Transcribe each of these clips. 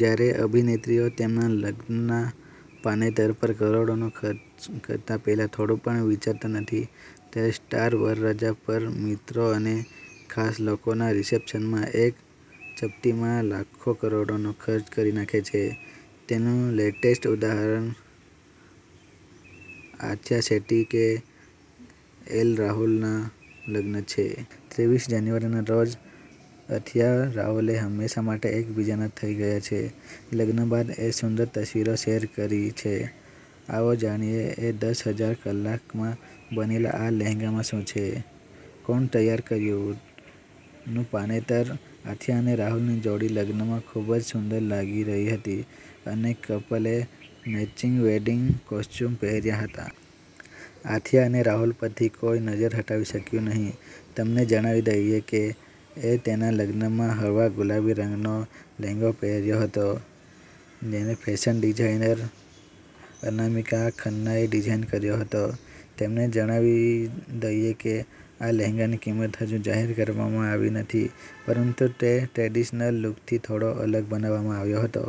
જ્યારે અભિનેત્રીઓ તેમના લગ્નના પાનેતર પર કરોડોનો ખર્ચ કરતા પહેલા થોડું પણ વિચારતા નથી, ત્યારે સ્ટાર વરરાજા પણ મિત્રો અને ખાસ લોકોના રિસેપ્શનમાં એક ચપટીમાં લાખો કરોડોનો ખર્ચ કરી નાખે છે. તેનું લેટેસ્ટ ઉદાહરણ આથિયા શેટ્ટી, કે એલ રાહુલ ના લગ્ન છે. ત્રેવીસ જાન્યુઆરીના રોજ અથિયા-રાહુલે હંમેશા માટે એકબીજાના થઇ ગયા છે. લગ્ન બાદ એ સુંદર તસવીરો શેર કરી છે. આવો જાણીએ એ દસ હજાર કલાકમાં બનેલા આ લહેંગામાં શું છે. કોણ તૈયાર કર્યું નું પાનેતર આથિયા અને રાહુલની જોડી લગ્નમાં ખૂબ જ સુંદર લાગી રહી હતી અને કપલે મેચિંગ વેડિંગ કોસ્ચ્યુમ પહેર્યા હતા. આથિયા અને રાહુલ પરથી કોઈ નજર હટાવી શક્યું નહીં. તમને જણાવી દઈએ કે એ તેના લગ્નમાં હળવા ગુલાબી રંગનો લહેંગો પહેર્યો હતો, જેને ફેશન ડિઝાઇનર અનામિકા ખન્નાએ ડિઝાઇન કર્યો હતો. તમને જણાવી દઈએ કે આ લહેંગાની કિંમત હજુ જાહેર કરવામાં આવી નથી, પરંતુ તે ટ્રેડિશનલ લુકથી થોડો અલગ બનાવવામાં આવ્યો હતો.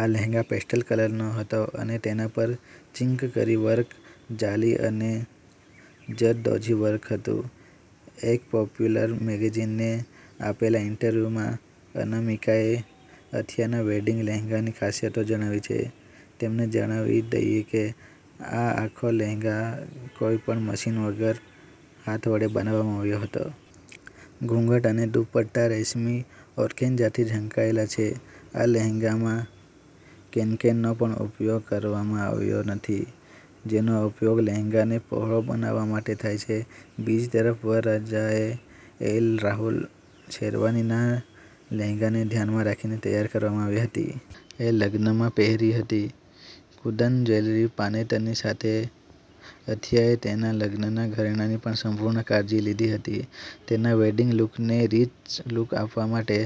આ લહેંગા પેસ્ટલ કલરનો હતો અને તેના પર ચિકંકરી વર્ક, જાલી અને જરદોઝી વર્ક હતું. એક પોપ્યુલર મેગેઝીનને આપેલા ઈન્ટરવ્યુમાં અનામિકાએ અથિયાના વેડિંગ લહેંગાની ખાસિયતો જણાવી છે. તમને જણાવી દઈએ કે, આ આખો લહેંગા કોઈ પણ મશીન વગર હાથ વડે બનાવવામાં આવ્યો હતો. ઘૂંઘટ અને દુપટ્ટા રેશમી ઓર્ગેન્ઝાથી ઢંકાયેલો છે. આ લહેંગામાં કેનકેનનો પણ ઉપયોગ કરવામાં આવ્યો નથી, જેનો ઉપયોગ લહેંગાને પહોળો બનાવવા માટે થાય છે. બીજી તરફ વરરાજા એ એલ રાહુલની શેરવાની ના લહેંગાને ધ્યાનમાં રાખીને તૈયાર કરવામાં આવી હતી. એ લગ્નમાં પહેરી હતી કુદન જ્વેલરી પાનેતરની સાથે અથિયાએ તેના લગ્નના ઘરેણાંની પણ સંપૂર્ણ કાળજી લીધી હતી. તેના વેડિંગ લુકને રિચ લુક આપવા માટે,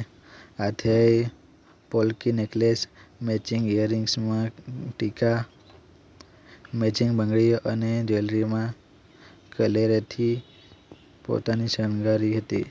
આથિયાએ polki necklace, matching earrings, maang tikka, matching બંગડીઓ અને જ્વેલરીમાં કલિરેથી પોતાને શણગારી હતી.